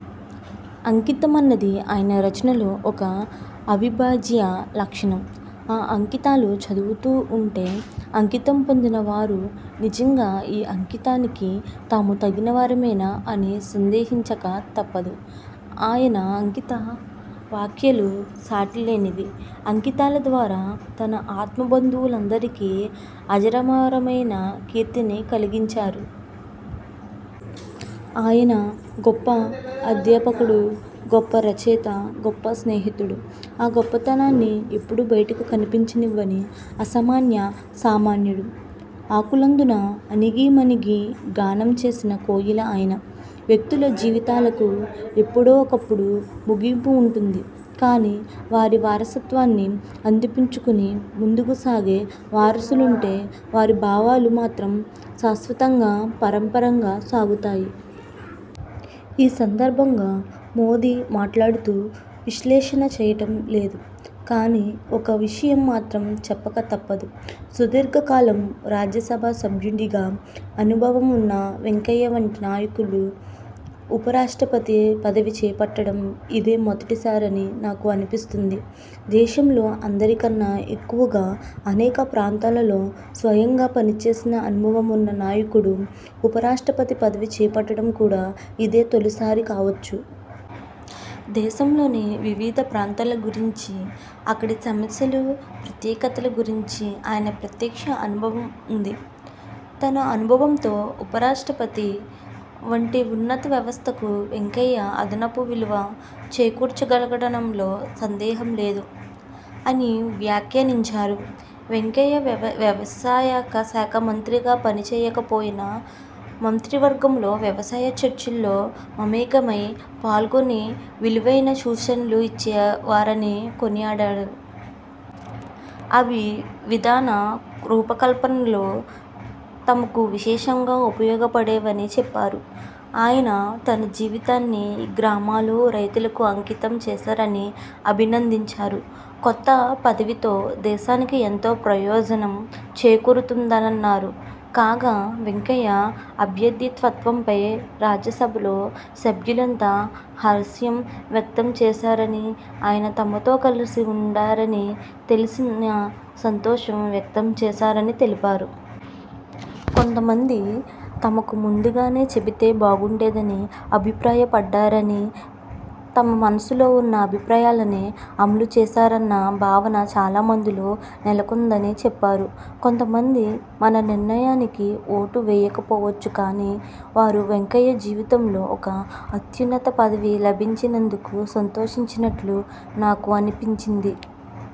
అంకితమన్నది ఆయన రచనలో ఒక అవిభాజ్య లక్షణం. ఆ అంకితాలు చదువుతూ ఉంటే అంకితం పొందిన వారు నిజంగా ఈ అంకితానికి తాము తగినవారమేనా అని సందేహించక తప్పదు. ఆయన అంకిత వాక్యాలు సాటి లేనివి. అంకితాల ద్వారా తన ఆత్మబంధువులందరికీ అజరామరమైన కీర్తిని కలిగించారు. ఆయన గొప్ప అధ్యాపకుడు, గొప్ప రచయిత, గొప్ప స్నేహితుడు. ఆ గొప్పతనాన్ని ఎప్పుడూ బయటకు కనిపించనివ్వని అసామాన్య సామాన్యుడు. ఆకులందున అణగిమణగీ గానం చేసిన కోయిల ఆయన. వ్యక్తుల జీవితాలకు ఎప్పుడో ఒకప్పుడు ముగింపు ఉంటుంది, కాని వారి వారసత్వాన్ని అందిపుచ్చుకుని ముందుకు సాగే వారసులుంటే వారి భావాలు మాత్రం శాశ్వతంగా పరంపరగా సాగుతాయి. ఈ సందర్భంగా మోదీ మాట్లాడుతూ, ''విశ్లేషణ చేయడం లేదు. కానీ, ఒక్క విషయం మాత్రం చెప్పక తప్పదు. సుదీర్ఘ కాలం రాజ్యసభ సభ్యుడిగా అనుభవం ఉన్న వెంకయ్య వంటి నాయకుడు ఉప రాష్ట్రపతి పదవి చేపట్టడం ఇదే మొదటిసారని నాకు అనిపిస్తోంది. దేశంలో అందరికన్నా ఎక్కువగా అనేక ప్రాంతాల్లో స్వయంగా పనిచేసిన అనుభవం ఉన్న నాయకుడు ఉప రాష్ట్రపతి పదవి చేపట్టడం కూడా ఇదే తొలిసారి కావచ్చు. దేశంలోని వివిధ ప్రాంతాల గురించి, అక్కడి సమస్యలు, ప్రత్యేకతల గురించి ఆయనకు ప్రత్యక్ష అనుభవం ఉంది. తన అనుభవంతో ఉపరాష్ట్రపతి వంటి ఉన్నత వ్యవస్థకు వెంకయ్య అదనపు విలువ చేకూర్చగలరనడంలో సందేహం లేదు'' అని వ్యాఖ్యానించారు. వెంకయ్య వ్యవసాయ శాఖ మంత్రిగా పని చేయకపోయినా మంత్రివర్గంలో వ్యవసాయ చర్చల్లో మమేకమై పాల్గొని విలువైన సూచనలు ఇచ్చే వారని కొనియాడారు. అవి విధాన రూపకల్పనలో తమకు విశేషంగా ఉపయోగపడేవని చెప్పారు. ఆయన తన జీవితాన్ని గ్రామాలు, రైతులకు అంకితం చేశారని అభినందించారు. కొత్త పదవితో దేశానికి ఎంతో ప్రయోజనం చేకూరుతుందన్నారు. కాగా, వెంకయ్య అభ్యర్థిత్వంపై రాజ్యసభలో సభ్యులంతా హర్షం వ్యక్తం చేశారని, ఆయన తమతో కలిసి ఉండరని తెలిసినా సంతోషం వ్యక్తం చేశారని తెలిపారు. కొంతమంది తమకు ముందుగానే చెబితే బాగుండేదని అభిప్రాయపడ్డారని, తమ మనసులో ఉన్న అభిప్రాయాన్నే అమలు చేశారన్న భావన చాలా మందిలో నెలకొందని చెప్పారు. ''కొంతమంది మన నిర్ణయానికి ఓటు వేయకపోవచ్చు. కానీ, వారు వెంకయ్యకు జీవితంలో ఒక అత్యున్నత పదవి లభించినందుకు సంతోషించినట్లు నాకు అనిపించింది.